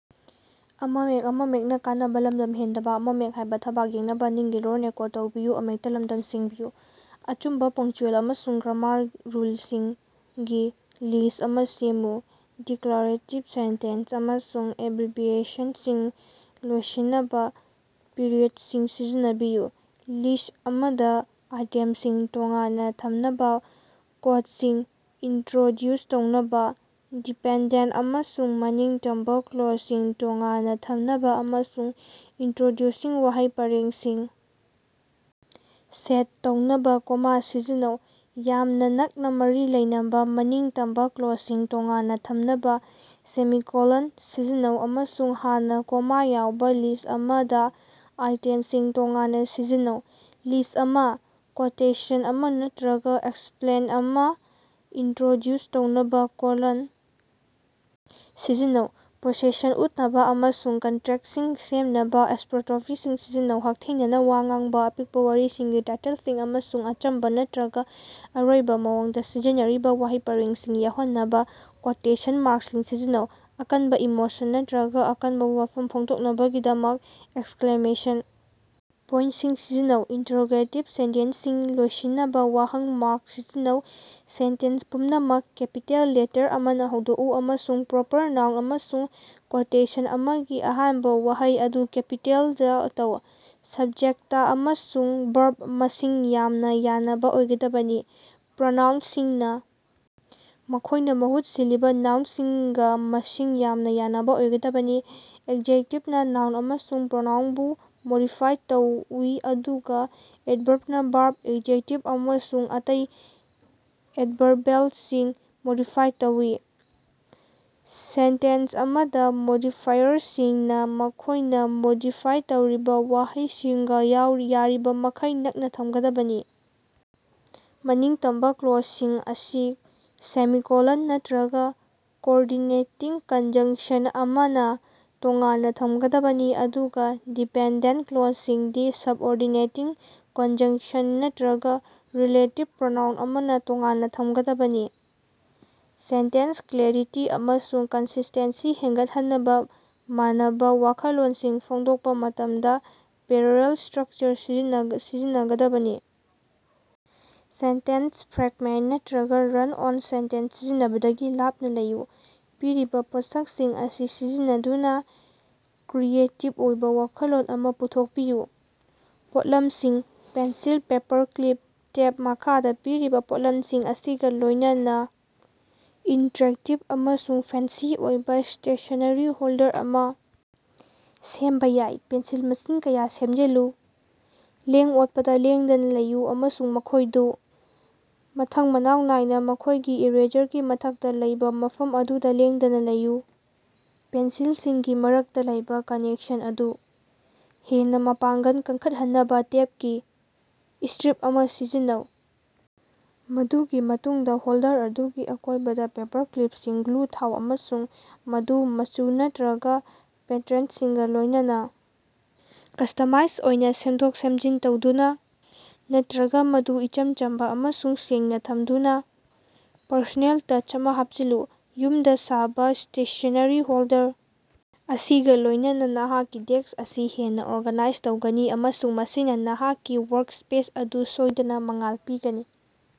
ꯑꯆꯨꯝꯕ ꯄꯪꯆ꯭ꯌꯨꯑꯦꯜ ꯑꯃꯁꯨꯡ grammar ꯔꯨꯜꯁꯤꯡꯒꯤ list ꯑꯃ ꯁꯦꯝꯃꯨ꯫ ꯗꯤꯀ꯭ꯂꯥꯔꯦꯇꯤꯚ ꯁꯦꯟꯇꯦꯟꯁ ꯑꯃꯁꯨꯡ ꯑꯦꯕ꯭ꯔꯤꯕꯤꯌꯦꯁꯟꯁꯤꯡ ꯂꯣꯏꯁꯤꯟꯅꯕ ꯄꯤꯔꯤꯌꯦꯗꯁꯤꯡ ꯁꯤꯖꯤꯟꯅꯕꯤꯌꯨ꯫ ꯂꯤꯁꯠ ꯑꯃꯗ ꯑꯥꯏꯇꯦꯝꯁꯤꯡ ꯇꯣꯉꯥꯟꯅ ꯊꯝꯅꯕ, ꯀꯣꯠꯁꯤꯡ ꯏꯟꯇ꯭ꯔꯣꯗ꯭ꯌꯨꯁ ꯇꯧꯅꯕ, ꯗꯤꯄꯦꯟꯗꯦꯟꯇ ꯑꯃꯁꯨꯡ ꯃꯅꯤꯡꯇꯝꯕ ꯀ꯭ꯂꯣꯖꯁꯤꯡ ꯇꯣꯉꯥꯟꯅ ꯊꯝꯅꯕ ꯑꯃꯁꯨꯡ ꯏꯟꯇ꯭ꯔꯣꯗ꯭ꯌꯨꯁꯤꯡ ꯋꯥꯍꯩ ꯄꯔꯦꯡꯁꯤꯡ ꯁꯦꯠ ꯇꯧꯅꯕ ꯀꯣꯃꯥ ꯁꯤꯖꯤꯟꯅꯧ꯫ ꯌꯥꯝꯅ ꯅꯛꯅ ꯃꯔꯤ ꯂꯩꯅꯕ ꯃꯅꯤꯡꯇꯝꯕ ꯀ꯭ꯂꯣꯖꯁꯤꯡ ꯇꯣꯉꯥꯟꯅ ꯊꯝꯅꯕ ꯁꯦꯃꯤꯀꯣꯂꯟ ꯁꯤꯖꯤꯟꯅꯧ ꯑꯃꯁꯨꯡ ꯍꯥꯟꯅꯅ ꯀꯣꯃꯥ ꯌꯥꯎꯕ ꯂꯤꯁꯠ ꯑꯃꯗ ꯑꯥꯏꯇꯦꯝꯁꯤꯡ ꯇꯣꯉꯥꯟꯅ ꯁꯤꯖꯤꯟꯅꯧ꯫ ꯂꯤꯁꯠ ꯑꯃ, ꯀꯣꯇꯦꯁꯟ ꯑꯃ ꯅꯠꯇ꯭ꯔꯒ ꯑꯦꯛꯁꯄ꯭ꯂꯦꯟ ꯑꯃ ꯏꯟꯇ꯭ꯔꯣꯗ꯭ꯌꯨꯁ ꯇꯧꯅꯕ ꯀꯣꯂꯣꯟ ꯁꯤꯖꯤꯟꯅꯧ꯫ ꯄꯣꯁꯦꯁꯟ ꯎꯠꯅꯕ ꯑꯃꯁꯨꯡ ꯀꯟꯇ꯭ꯔꯦꯛꯇꯁꯤꯡ ꯁꯦꯝꯅꯕ ꯑꯦꯄꯣꯁꯇ꯭ꯔꯣꯐꯤꯁꯤꯡ ꯁꯤꯖꯤꯟꯅꯧ꯫ ꯍꯛꯊꯦꯡꯅꯅ ꯋꯥ ꯉꯥꯡꯕ, ꯑꯄꯤꯛꯄ ꯋꯥꯔꯤꯁꯤꯡꯒꯤ ꯇꯥꯏꯇꯜꯁꯤꯡ, ꯑꯃꯁꯨꯡ ꯑꯆꯝꯕ ꯅꯠꯇ꯭ꯔꯒ ꯑꯔꯣꯏꯕ ꯃꯑꯣꯡꯗ ꯁꯤꯖꯤꯟꯅꯔꯤꯕ ꯋꯥꯍꯩ ꯄꯔꯦꯡꯁꯤꯡ ꯌꯥꯎꯍꯟꯅꯕ ꯀꯣꯇꯦꯁꯟ ꯃꯥꯔꯛꯁꯤꯡ ꯁꯤꯖꯤꯟꯅꯧ꯫ ꯑꯀꯟꯕ ꯏꯃꯣꯁꯟ ꯅꯠꯇ꯭ꯔꯒ ꯑꯀꯟꯕ ꯋꯥꯐꯝ ꯐꯣꯡꯗꯣꯛꯅꯕꯒꯤꯗꯃꯛ ꯑꯦꯛꯁꯀ꯭ꯂꯦꯃꯦꯁꯟ ꯄꯣꯏꯟꯇꯁꯤꯡ ꯁꯤꯖꯤꯟꯅꯧ꯫ ꯏꯟꯇꯔꯔꯣꯒꯦꯇꯤꯚ ꯁꯦꯟꯇꯦꯟꯁꯁꯤꯡ ꯂꯣꯏꯁꯤꯟꯅꯕ ꯋꯥꯍꯪ ꯃꯥꯔꯛ ꯁꯤꯖꯤꯟꯅꯧ꯫ ꯁꯦꯟꯇꯦꯟꯁ ꯄꯨꯝꯅꯃꯛ ꯀꯦꯄꯤꯇꯦꯜ ꯂꯦꯇꯔ ꯑꯃꯅ ꯍꯧꯗꯣꯛꯎ, ꯑꯃꯁꯨꯡ ꯄ꯭ꯔꯣꯄꯔ ꯅꯥꯎꯟ ꯑꯃꯁꯨꯡ ꯀꯣꯇꯦꯁꯟ ꯑꯃꯒꯤ ꯑꯍꯥꯟꯕ ꯋꯥꯍꯩ ꯑꯗꯨ ꯀꯦꯄꯤꯇꯦꯂꯥꯏꯖ ꯇꯧ꯫ ꯁꯕꯖꯦꯛꯇ ꯑꯃꯁꯨꯡ ꯚꯔꯕ ꯃꯁꯤꯡ ꯌꯥꯝꯅ ꯌꯥꯅꯕ ꯑꯣꯏꯒꯗꯕꯅꯤ꯫ ꯄ꯭ꯔꯣꯅꯥꯎꯟꯁꯤꯡꯅ ꯃꯈꯣꯏꯅ ꯃꯍꯨꯠ ꯁꯤꯜꯂꯤꯕ ꯅꯥꯎꯟꯁꯤꯡꯒ ꯃꯁꯤꯡ ꯌꯥꯝꯅ ꯌꯥꯅꯕ ꯑꯣꯏꯒꯗꯕꯅꯤ꯫ ꯑꯦꯖꯦꯛꯇꯤꯚꯅ ꯅꯥꯎꯟ ꯑꯃꯁꯨꯡ ꯄ꯭ꯔꯣꯅꯥꯎꯟꯕꯨ ꯃꯣꯗꯤꯐꯥꯏ ꯇꯧꯏ ꯑꯗꯨꯒ ꯑꯦꯗꯚꯔꯕꯅ ꯚꯔꯕ, ꯑꯦꯖꯦꯛꯇꯤꯚ ꯑꯃꯁꯨꯡ ꯑꯇꯩ ꯑꯦꯗꯚꯔꯕꯜꯁꯤꯡ ꯃꯣꯗꯤꯐꯥꯏ ꯇꯧꯏ꯫ ꯁꯦꯟꯇꯦꯟꯁ ꯑꯃꯗ ꯃꯣꯗꯤꯐꯥꯏꯌꯔꯁꯤꯡꯅ ꯃꯈꯣꯏꯅ ꯃꯣꯗꯤꯐꯥꯏ ꯇꯧꯔꯤꯕ ꯋꯥꯍꯩꯁꯤꯡꯒ ꯌꯥꯔꯤꯕꯃꯈꯩ ꯅꯛꯅ ꯊꯝꯒꯗꯕꯅꯤ꯫ ꯃꯅꯤꯡꯇꯝꯕ ꯀ꯭ꯂꯣꯖꯁꯤꯡ ꯑꯁꯤ ꯁꯦꯃꯤꯀꯣꯂꯟ ꯅꯠꯇ꯭ꯔꯒ ꯀꯣꯑꯣꯔꯗꯤꯅꯦꯇꯤꯡ ꯀꯟꯖꯪꯁꯟ ꯑꯃꯅ ꯇꯣꯉꯥꯟꯅ ꯊꯝꯒꯗꯕꯅꯤ ꯑꯗꯨꯒ ꯗꯤꯄꯦꯟꯗꯦꯟꯇ ꯀ꯭ꯂꯣꯖꯁꯤꯡꯗꯤ ꯁꯕꯑꯣꯔꯗꯤꯅꯦꯇꯤꯡ ꯀꯟꯖꯪꯁꯟ ꯅꯠꯇ꯭ꯔꯒ ꯔꯤꯂꯦꯇꯤꯚ ꯄ꯭ꯔꯣꯅꯥꯎꯟ ꯑꯃꯅ ꯇꯣꯉꯥꯟꯅ ꯊꯝꯒꯗꯕꯅꯤ꯫ ꯁꯦꯟꯇꯦꯟꯁ ꯀ꯭ꯂꯦꯔꯤꯇꯤ ꯑꯃꯁꯨꯡ ꯀꯟꯁꯤꯁꯇꯦꯟꯁꯤ ꯍꯦꯟꯒꯠꯍꯟꯅꯕ ꯃꯥꯟꯅꯕ ꯋꯥꯈꯜꯂꯣꯟꯁꯤꯡ ꯐꯣꯡꯗꯣꯛꯄ ꯃꯇꯝꯗ ꯄꯦꯔꯦꯂꯦꯜ ꯁꯇ꯭ꯔꯛꯆꯔ ꯁꯤꯖꯤꯟꯉꯗꯕꯅꯤ꯫ ꯁꯦꯟꯇꯦꯟꯁ ꯐ꯭ꯔꯦꯛꯃꯦꯟꯇ ꯅꯠꯇ꯭ꯔꯒ ꯔꯟ-ꯑꯣꯟ ꯁꯦꯟꯇꯦꯟꯁ ꯁꯤꯖꯤꯟꯅꯕꯗꯒꯤ ꯂꯥꯞꯅ ꯂꯩꯌꯨ꯫ ꯄꯤꯔꯤꯕ ꯄꯣꯠꯁꯛꯁꯤꯡ ꯑꯁꯤ ꯁꯤꯖꯤꯟꯅꯗꯨꯅ ꯀ꯭ꯔꯤꯌꯦꯇꯤꯐ ꯑꯣꯏꯕ ꯋꯥꯈꯜꯂꯣꯟ ꯑꯃ ꯄꯨꯊꯣꯛꯄꯤꯌꯨ꯫ ꯄꯣꯠꯂꯝꯁꯤꯡ: ꯄꯦꯟꯁꯤꯜ, ꯄꯦꯄꯔꯀ꯭ꯂꯤꯞ, ꯇꯦꯞ꯫ ꯃꯈꯥꯗ ꯄꯤꯔꯤꯕ ꯄꯣꯠꯂꯝꯁꯤꯡ ꯑꯁꯤꯒ ꯂꯣꯏꯅꯅ ꯏꯟꯇꯔꯦꯛꯇꯤꯚ ꯑꯃꯁꯨꯡ ꯐꯦꯟꯁꯤ ꯑꯣꯏꯕ ꯁ꯭ꯇꯦꯁꯅꯦꯔꯤ ꯍꯣꯜꯗꯔ ꯑꯃ ꯁꯦꯝꯕ ꯌꯥꯏ꯫ ꯄꯦꯟꯁꯤꯜ ꯃꯁꯤꯡ ꯀꯌꯥ ꯁꯦꯝꯖꯤꯜꯂꯨ, ꯂꯦꯡ-ꯑꯣꯠꯄꯗ ꯂꯦꯡꯗꯅ ꯂꯩꯌꯨ ꯑꯃꯁꯨꯡ ꯃꯈꯣꯏꯗꯨ ꯃꯊꯪ-ꯃꯅꯥꯎ ꯅꯥꯏꯅ ꯃꯈꯣꯏꯒꯤ ꯏꯔꯦꯖꯔꯒꯤ ꯃꯊꯛꯇ ꯂꯩꯕ ꯃꯐꯝ ꯑꯗꯨꯗ ꯂꯦꯡꯗꯅ ꯂꯩꯌꯨ꯫ ꯄꯦꯟꯁꯤꯜꯁꯤꯡꯒꯤ ꯃꯔꯛꯇ ꯂꯩꯕ ꯀꯅꯦꯛꯁꯟ ꯑꯗꯨ ꯍꯦꯟꯅ ꯃꯄꯥꯡꯒꯜ ꯀꯟꯈꯠꯍꯟꯅꯕ ꯇꯦꯞꯀꯤ ꯁ꯭ꯇꯔꯤꯞ ꯑꯃ ꯁꯤꯖꯤꯟꯅꯧ꯫ ꯃꯗꯨꯒꯤ ꯃꯇꯨꯡꯗ ꯍꯣꯜꯗꯔ ꯑꯗꯨꯒꯤ ꯑꯀꯣꯏꯕꯗ ꯄꯦꯄꯔꯀ꯭ꯂꯤꯄꯁꯤꯡ ꯒ꯭ꯂꯨ ꯊꯥꯎ ꯑꯃꯁꯨꯡ ꯃꯗꯨ ꯃꯆꯨ ꯅꯠꯇ꯭ꯔꯒ ꯄꯦꯇꯔꯟꯁꯤꯡꯒ ꯂꯣꯏꯅꯅ ꯀꯁꯇꯃꯥꯏꯁ ꯑꯣꯏꯅ ꯁꯦꯝꯗꯣꯛ-ꯁꯦꯝꯖꯤꯟ ꯇꯧꯗꯨꯅ, ꯅꯠꯇ꯭ꯔꯒ ꯃꯗꯨ ꯏꯆꯝ ꯆꯝꯕ ꯑꯃꯁꯨꯡ ꯁꯦꯡꯅ ꯊꯝꯗꯨꯅ ꯄꯔꯁꯣꯅꯦꯜ ꯇꯆ ꯑꯃ ꯍꯥꯞꯆꯤꯜꯂꯨ꯫ ꯌꯨꯝꯗ ꯁꯥꯕ ꯁ꯭ꯇꯦꯁꯅꯦꯔꯤ ꯍꯣꯜꯗꯔ ꯑꯁꯤꯒ ꯂꯣꯏꯅꯅ ꯅꯍꯥꯛꯀꯤ ꯗꯦꯁ꯭ꯛ ꯑꯁꯤ ꯍꯦꯟꯅ ꯑꯣꯔꯒꯅꯥꯏꯖ ꯇꯧꯒꯅꯤ, ꯑꯃꯁꯨꯡ ꯃꯁꯤꯅ ꯅꯍꯥꯛꯀꯤ ꯋꯥꯔꯛ-ꯁ꯭ꯄꯦꯁ ꯑꯗꯨ ꯁꯣꯏꯗꯅ ꯃꯉꯥꯜ ꯄꯤꯒꯅꯤ꯫